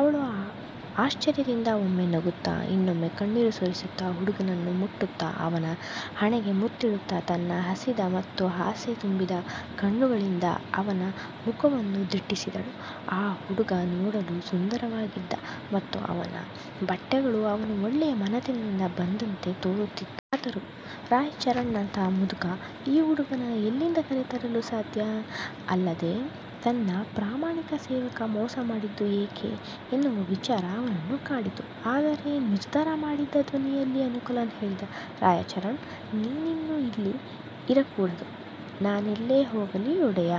ಅವಳು ಆಶ್ಚರ್ಯದಿಂದ, ಒಮ್ಮೆ ನಗುತ್ತ, ಇನ್ನೊಮ್ಮೆ ಕಣ್ಣೀರು ಸುರಿಸುತ್ತ, ಹುಡುಗನನ್ನು ಮುಟ್ಟುತ್ತ, ಅವನ ಹಣೆಗೆ ಮುತ್ತಿಡುತ್ತ, ತನ್ನ ಹಸಿದ ಮತ್ತು ಆಸೆ ತುಂಬಿದ ಕಣ್ಣುಗಳಿಂದ ಅವನ ಮುಖವನ್ನು ದಿಟ್ಟಿಸಿದಳು. ಆ ಹುಡುಗ ನೋಡಲು ಸುಂದರವಾಗಿದ್ದ ಮತ್ತು ಅವನ ಬಟ್ಟೆಗಳು ಅವನು ಒಳ್ಳೆಯ ಮನೆತನದಿಂದ ಬಂದವನಂತೆ ತೋರುತ್ತಿದ್ದವು. ಆದರೂ ರಾಯಚರಣ್ ನಂಥ ಮುದುಕ ಈ ಹುಡುಗನ್ನು ಎಲ್ಲಿಂದ ಕರೆ ತರಲು ಸಾಧ್ಯ? ಅಲ್ಲದೆ ತನ್ನ ಪ್ರಾಮಾಣಿಕ ಸೇವಕ ಮೋಸ ಮಾಡಿದ್ದು ಯಾಕೆ? ಎನ್ನುವ ವಿಚಾರ ಅವನನ್ನು ಕಾಡಿತು. "ಆದರೆ" ನಿರ್ಧಾರ ಮಾಡಿದ ಧ್ವನಿಯಲ್ಲಿ ಅನುಕೂಲ್ ಹೇಳಿದ "ರಾಯಚರಣ್, ನೀನಿನ್ನೂ, ಇಲ್ಲಿ ಇರಕೂಡದು" "ನಾನೆಲ್ಲಿ ಹೋಗಲಿ, ಒಡೆಯ?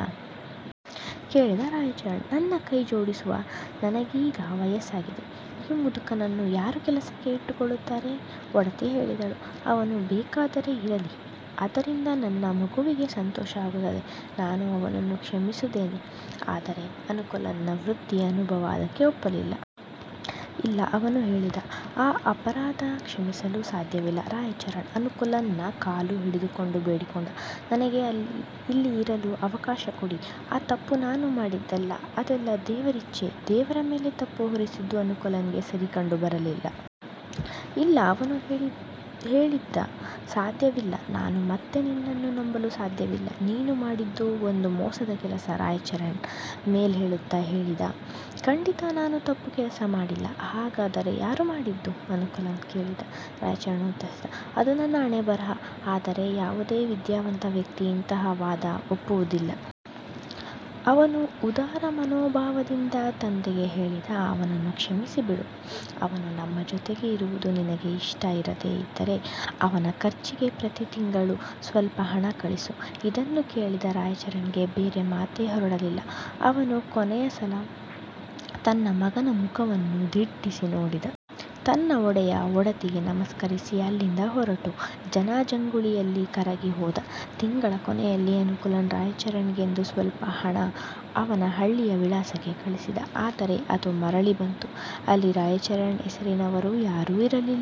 " ಕೇಳಿದ ರಾಯಚರಣ್ ತನ್ನ ಕೈ ಜೋಡಿಸುತ್ತ "ನನಗೀಗ ವಯಸ್ಸಾಗಿದೆ. ಈ ಮುದುಕನನ್ನು ಯಾರು ಕೆಲಸಕ್ಕೆ ಇಟ್ಟು ಕೊಳ್ಳುತ್ತಾರೆ? " ಒಡತಿ ಹೇಳಿದಳು "ಅವನು ಬೇಕಾದರೆ ಇರಲಿ. ಅದರಿಂದ ನನ್ನ ಮಗುವಿಗೆ ಸಂತೋಷ ಆಗುತ್ತೆ. ನಾನು ಅವನನ್ನು ಕ್ಷಮಿಸಿದ್ದೇನೆ" ಆದರೆ ಅನುಕೂಲ್ ನ ವೃತ್ತಿ ಅನುಭವ ಅದಕ್ಕೆ ಒಪ್ಪಲಿಲ್ಲ. "ಇಲ್ಲ" ಅವನು ಹೇಳಿದ "ಈ ಅಪರಾಧ ಕ್ಷಮಿಸಲು ಸಾಧ್ಯವಿಲ್ಲ" ರಾಯಚರಣ್ ಅನುಕೂಲ್ ನ ಕಾಲು ಹಿಡಿದುಕೊಂಡು ಬೇಡಿಕೊಂಡ "ನನಗೆ ಇಲ್ಲಿ ಇರಲು ಅವಕಾಶ ಕೊಡಿ. ಆ ತಪ್ಪು ನಾನು ಮಾಡಿದ್ದಲ್ಲ. ಅದೆಲ್ಲ ದೇವರಿಚ್ಚೆ" ದೇವರ ಮೇಲೆ ತಪ್ಪು ಹೊರಿಸಿದ್ದು ಅನುಕೂಲ್ ಗೆ ಸರಿ ಕಂಡು ಬರಲಿಲ್ಲ. "ಇಲ್ಲ" ಅವನು ಹೇಳಿದ "ಸಾಧ್ಯವಿಲ್ಲ. ನಾನು ಮತ್ತೆ ನಿನ್ನನ್ನು ನಂಬಲು ಸಾಧ್ಯವಿಲ್ಲ. ನೀನು ಮಾಡಿದ್ದು ಒಂದು ಮೋಸದ ಕೆಲಸ" ರಾಯಚರಣ್ ಮೇಲೇಳುತ್ತ ಹೇಳಿದ "ಖಂಡಿತ ನಾನು ತಪ್ಪು ಕೆಲಸ ಮಾಡಿಲ್ಲ" "ಹಾಗಾದರೆ ಯಾರು ಮಾಡಿದ್ದು? " ಅನುಕೂಲ್ ಕೇಳಿದ. ರಾಯಚರಣ್ ಉತ್ತರಿಸಿದ "ಅದು ನನ್ನ ಹಣೆ ಬರಹ" ಆದರೆ ಯಾವುದೇ ವಿದ್ಯಾವಂತ ವ್ಯಕ್ತಿ ಇಂತಹ ವಾದ ಒಪ್ಪುವುದಿಲ್ಲ. ಅವನು ಉದಾರ ಮನೋಭಾವದಿಂದ ತಂದೆಗೆ ಹೇಳಿದ "ಅವನನ್ನು ಕ್ಷಮಿಸಿಬಿಡು. ಅವನು ನಮ್ಮ ಜೊತೆಗೆ ಇರುವುದು ನಿನಗೆ ಇಷ್ಟ ಇರದೇ ಇದ್ದರೇ, ಅವನ ಖರ್ಚಿಗೆ ಪ್ರತಿ ತಿಂಗಳು ಸ್ವಲ್ಪ ಹಣ ಕಳಿಸು" ಇದನ್ನು ಕೇಳಿದ ರಾಯಚರಣ್ ಗೆ ಬೇರೆ ಮಾತೇ ಹೊರಡಲಿಲ್ಲ. ಅವನು ಕೊನೆಯ ಸಲ ತನ್ನ ಮಗನ ಮುಖವನ್ನು ದಿಟ್ಟಿಸಿ ನೋಡಿದ. ತನ್ನ ಒಡೆಯ, ಒಡತಿಗೆ ನಮಸ್ಕರಿಸಿ ಅಲ್ಲಿಂದ ಹೊರಟು ಜನ ಜಂಗುಳಿಯಲ್ಲಿ ಕರಗಿ ಹೋದ. ತಿಂಗಳ ಕೊನೆಯಲ್ಲಿ ಅನುಕೂಲ್ ರಾಯಚರಣ್ ಗೆಂದು ಸ್ವಲ್ಪ ಹಣ ಅವನ ಹಳ್ಳಿಯ ವಿಳಾಸಕ್ಕೆ ಕಳಿಸಿದ. ಆದರೆ ಅದು ಮರಳಿ ಬಂತು. ಅಲ್ಲಿ ರಾಯಚರಣ್ ಹೆಸರಿನವರು ಯಾರೂ ಇರಲಿಲ್ಲ.